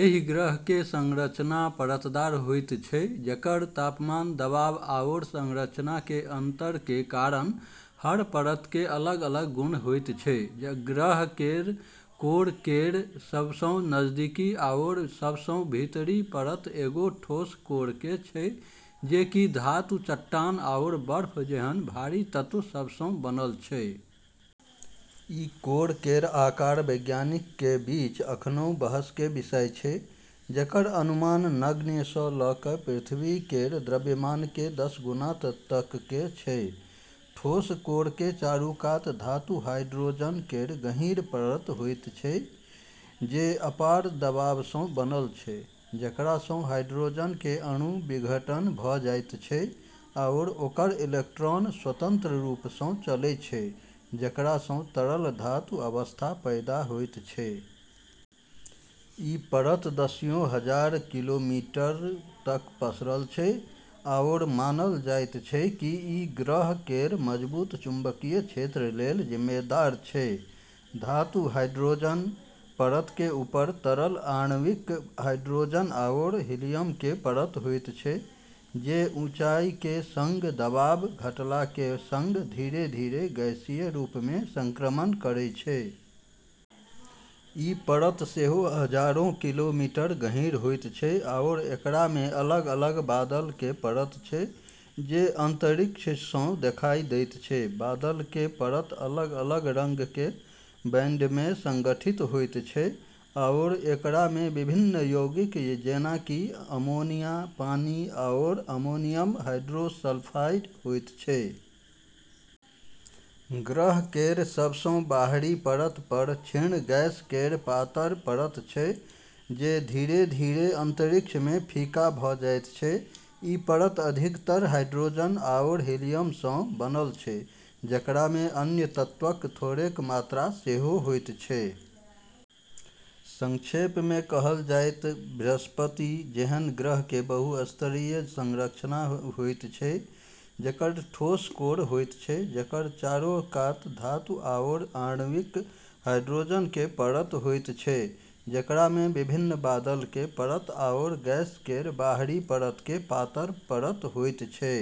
एहि ग्रहके संरचना परतदार होइत छै, जेकर तापमान, दबाव आओर संरचनाके अंतरके कारण हर परतके अलग-अलग गुण होइत छै। ग्रह केर कोर केर सबसँ नजदीकी आओर सबसँ भीतरी परत एगो ठोस कोरके छै जे कि धातु, चट्टान, आओर बर्फ जेहन भारी तत्व सबसँ बनल छै। ई कोर केर आकार वैज्ञानिकके बीच अखनऊ बहसके विषय छै, जेकर अनुमान नगण्य स' ल' क' पृथ्वी केर द्रव्यमानके दश गुना तकके छै। ठोस कोरके चारू कात धातु हाइड्रोजन केर गहीँर परत होइत छै, जे अपार दबावसँ बनल छै जेकरासँ हाइड्रोजनके अणु विघटन भ' जाइत छै आओर ओकर इलेक्ट्रॉन स्वतंत्र रूपसँ चलै छै, जेकरासँ तरल धातु अवस्था पैदा होइत छै। ई परत दसियों हजार किलोमीटर तक पसरल छै आओर मानल जाइत छै कि ई ग्रह केर मजबूत चुंबकीय क्षेत्र लेल जिम्मेदार छै। धातु हाइड्रोजन परतके ऊपर तरल आणविक हाइड्रोजन आओर हीलियमके परत होइत छै, जे ऊंचाइके सङ्ग दबाव घटलाके सङ्ग धीरे-धीरे गैसीय रूपमे संक्रमण करै छै। ई परत सेहो हजारों किलोमीटर गहीँर होइत छै आओर एकरामे अलग-अलग बादलके परत छै जे अंतरिक्षसँ देखाइ दैत छै। बादलके परत अलग-अलग रङ्गके बैंडमे संगठित होइत छै आओर एकरामे विभिन्न यौगिक जेना कि अमोनिया, पानी, आओर अमोनियम हाइड्रोसल्फाइड होइत छै। ग्रह केर सबसँ बाहरी परत पर क्षीण गैस केर पातर परत छै जे धीरे-धीरे अंतरिक्षमे फीका भ' जाइत छै। ई परत अधिकतर हाइड्रोजन आओर हीलियमसँ बनल छै, जेकरामे अन्य तत्वक थोड़ेक मात्रा सेहो होइत छै। संक्षेपमे कहल जाइ त' बृहस्पति जेहन ग्रहके बहुस्तरीय संरचना होइत छै जेकर ठोस कोर होइत छै, जेकर चारो कात धातु आओर आणविक हाइड्रोजनके परत होइत छै, जेकरामे विभिन्न बादलके परत आओर गैस केर बाहरी परतके पातर परत होइत छै।